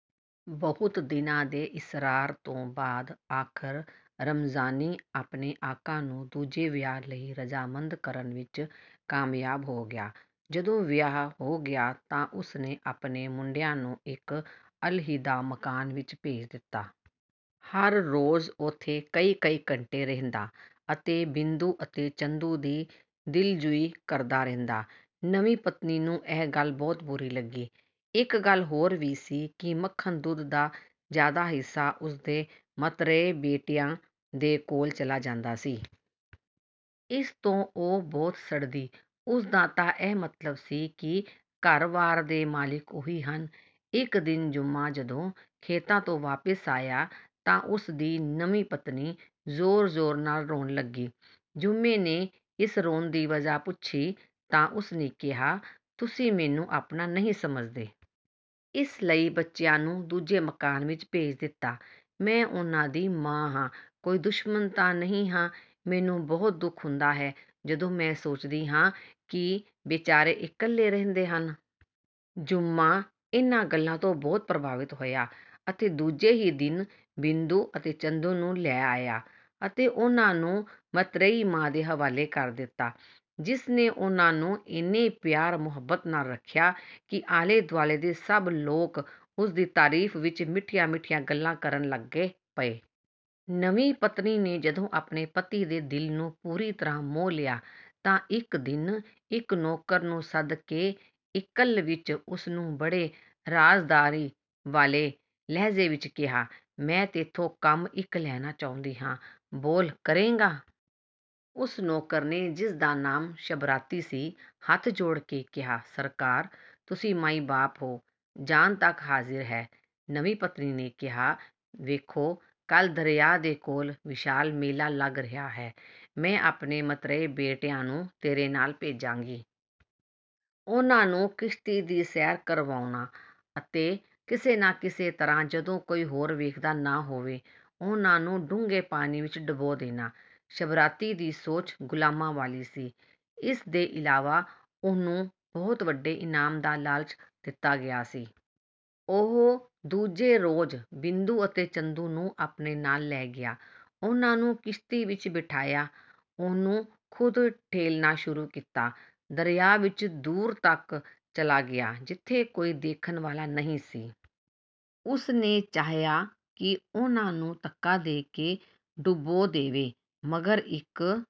ਬਹੁਤ ਦਿਨਾਂ ਦੇ ਇਸਰਾਰ ਦੇ ਬਾਅਦ ਆਖ਼ਰ ਰਮਜ਼ਾਨੀ ਆਪਣੇ ਆਕਾ ਨੂੰ ਦੂਜੇ ਵਿਆਹ ਲਈ ਰਜ਼ਾਮੰਦ ਕਰਨ ਵਿੱਚ ਕਾਮਯਾਬ ਹੋ ਗਿਆ। ਜਦੋਂ ਵਿਆਹ ਹੋ ਗਿਆ ਤਾਂ ਉਸਨੇ ਆਪਣੇ ਮੁੰਡਿਆਂ ਨੂੰ ਇੱਕ ਅਲਹਿਦਾ ਮਕਾਨ ਵਿੱਚ ਭੇਜ ਦਿੱਤਾ। ਹਰ ਰੋਜ਼ ਉੱਥੇ ਕਈ ਕਈ ਘੰਟੇ ਰਹਿੰਦਾ ਅਤੇ ਬਿੰਦੂ ਅਤੇ ਚੰਦੂ ਦੀ ਦਿਲਜੂਈ ਕਰਦਾ ਰਹਿੰਦਾ। ਨਵੀਂ ਪਤਨੀ ਨੂੰ ਇਹ ਗੱਲ ਬਹੁਤ ਬੁਰੀ ਲੱਗੀ। ਇੱਕ ਗੱਲ ਹੋਰ ਵੀ ਸੀ ਕਿ ਮੱਖਣ-ਦੁੱਧ ਦਾ ਜ਼ਿਆਦਾ ਹਿੱਸਾ ਉਸਦੇ ਮਤਰੇਏ ਬੇਟਿਆਂ ਦੇ ਕੋਲ ਚਲਾ ਜਾਂਦਾ ਸੀ। ਇਸ ਤੋਂ ਉਹ ਬਹੁਤ ਸੜਦੀ, ਉਸਦਾ ਤਾਂ ਇਹ ਮਤਲਬ ਸੀ ਕਿ ਘਰ-ਵਾਰ ਦੇ ਮਾਲਿਕ ਉਹੀ ਹਨ। ਇੱਕ ਦਿਨ ਜੁੰਮਾ ਜਦੋਂ ਖੇਤਾਂ ਤੋਂ ਵਾਪਸ ਆਇਆ ਤਾਂ ਉਸਦੀ ਨਵੀਂ ਪਤਨੀ ਜ਼ੋਰ-ਜ਼ੋਰ ਨਾਲ ਰੋਣ ਲੱਗੀ। ਜੁੰਮੇ ਨੇ ਇਸ ਰੋਣ ਦੀ ਵਜ੍ਹਾ ਪੁੱਛੀ ਤਾਂ ਉਸਨੇ ਕਿਹਾ, ਤੁਸੀਂ ਮੈਨੂੰ ਆਪਣਾ ਨਹੀਂ ਸਮਝਦੇ। ਇਸ ਲਈ ਬੱਚਿਆਂ ਨੂੰ ਦੂਜੇ ਮਕਾਨ ਵਿੱਚ ਭੇਜ ਦਿੱਤਾ। ਮੈਂ ਉਨ੍ਹਾਂ ਦੀ ਮਾਂ ਹਾਂ, ਕੋਈ ਦੁਸ਼ਮਨ ਤਾਂ ਨਹੀਂ ਹਾਂ। ਮੈਨੂੰ ਬਹੁਤ ਦੁੱਖ ਹੁੰਦਾ ਹੈ ਜਦੋਂ ਮੈਂ ਸੋਚਦੀ ਹਾਂ ਕਿ ਬੇਚਾਰੇ ਇਕੱਲੇ ਰਹਿੰਦੇ ਹਨ। ਜੁੰਮਾ ਇਨ੍ਹਾਂ ਗੱਲਾਂ ਤੋਂ ਬਹੁਤ ਪ੍ਰਭਾਵਿਤ ਹੋਇਆ ਅਤੇ ਦੂਜੇ ਹੀ ਦਿਨ ਬਿੰਦੂ ਅਤੇ ਚੰਦੂ ਨੂੰ ਲੈ ਆਇਆ ਅਤੇ ਉਨ੍ਹਾਂ ਨੂੰ ਮਤ੍ਰੇਈ ਮਾਂ ਦੇ ਹਵਾਲੇ ਕਰ ਦਿੱਤਾ ਜਿਸ ਨੇ ਉਨ੍ਹਾਂ ਨੂੰ ਇੰਨੇ ਪਿਆਰ-ਮੁਹੱਬਤ ਨਾਲ਼ ਰੱਖਿਆ ਕਿ ਆਲੇ ਦੁਆਲੇ ਦੇ ਸਭ ਲੋਕ ਉਸਦੀ ਤਾਰੀਫ਼ ਵਿੱਚ ਮਿੱਠੀਆਂ ਮਿੱਠੀਆਂ ਗੱਲਾਂ ਕਰਨ ਲੱਗੇ ਪਏ। ਨਵੀਂ ਪਤਨੀ ਨੇ ਜਦੋਂ ਆਪਣੇ ਪਤੀ ਦੇ ਦਿਲ ਨੂੰ ਪੂਰੀ ਤਰ੍ਹਾਂ ਮੋਹ ਲਿਆ ਤਾਂ ਇੱਕ ਦਿਨ ਇੱਕ ਨੌਕਰ ਨੂੰ ਸੱਦ ਕੇ ਇਕੱਲ ਵਿੱਚ ਉਸ ਨੂੰ ਬੜੇ ਰਾਜ਼ਦਾਰੀ ਵਾਲੇ ਲਹਿਜੇ ਵਿੱਚ ਕਿਹਾ, "ਮੈਂ ਤੈਥੋਂ ਕੰਮ ਇੱਕ ਲੈਣਾ ਚਾਹੁੰਦੀ ਹਾਂ, ਬੋਲ ਕਰੇਂਗਾ?" ਉਸ ਨੌਕਰ ਨੇ ਜਿਸਦਾ ਨਾਮ ਸ਼ਬਰਾਤੀ ਸੀ, ਹੱਥ ਜੋੜ ਕੇ ਕਿਹਾ, "ਸਰਕਾਰ! ਤੁਸੀਂ ਮਾਈ-ਬਾਪ ਹੋ, ਜਾਨ ਤੱਕ ਹਾਜ਼ਿਰ ਹੈ।" ਨਵੀਂ ਪਤਨੀ ਨੇ ਕਿਹਾ, "ਵੇਖੋ, ਕੱਲ ਦਰਿਆ ਦੇ ਕੋਲ ਵਿਸ਼ਾਲ ਮੇਲਾ ਲੱਗ ਰਿਹਾ ਹੈ, ਮੈਂ ਆਪਣੇ ਮਤਰੇਏ ਬੇਟਿਆਂ ਨੂੰ ਤੇਰੇ ਨਾਲ਼ ਭੇਜਾਂਗੀ। ਉਨ੍ਹਾਂ ਨੂੰ ਕਿਸ਼ਤੀ ਦੀ ਸੈਰ ਕਰਾਉਣਾ ਅਤੇ ਕਿਸੇ ਨਾ ਕਿਸੇ ਤਰ੍ਹਾਂ ਜਦੋਂ ਕੋਈ ਹੋਰ ਵੇਖਦਾ ਨਾ ਹੋਵੇ ਉਨ੍ਹਾਂ ਨੂੰ ਡੂੰਘੇ ਪਾਣੀ ਵਿੱਚ ਡੁਬੋ ਦੇਣਾ।" ਸ਼ਬਰਾਤੀ ਦੀ ਸੋਚ ਗੁਲਾਮਾਂ ਵਾਲੀ ਸੀ, ਇਸਦੇ ਇਲਾਵਾ ਉਹਨੂੰ ਬਹੁਤ ਵੱਡੇ ਇਨਾਮ ਦਾ ਲਾਲਚ ਦਿੱਤਾ ਗਿਆ ਸੀ। ਉਹ ਦੂਜੇ ਰੋਜ਼ ਬਿੰਦੂ ਅਤੇ ਚੰਦੂ ਨੂੰ ਆਪਣੇ ਨਾਲ਼ ਲੈ ਗਿਆ। ਉਨ੍ਹਾਂ ਨੂੰ ਕਿਸ਼ਤੀ ਵਿੱਚ ਬਿਠਾਇਆ, ਉਹਨੂੰ ਖ਼ੁਦ ਠੇਲ੍ਹਣਾ ਸ਼ੁਰੂ ਕੀਤਾ। ਦਰਿਆ ਵਿੱਚ ਦੂਰ ਤੱਕ ਚਲਾ ਗਿਆ, ਜਿੱਥੇ ਕੋਈ ਦੇਖਣ ਵਾਲਾ ਨਹੀਂ ਸੀ। ਉਸਨੇ ਚਾਹਿਆ ਕਿ ਉਨ੍ਹਾਂ ਨੂੰ ਧੱਕਾ ਦੇ ਕੇ ਡੁਬੋ ਦੇਵੇ ਮਗਰ ਇੱਕ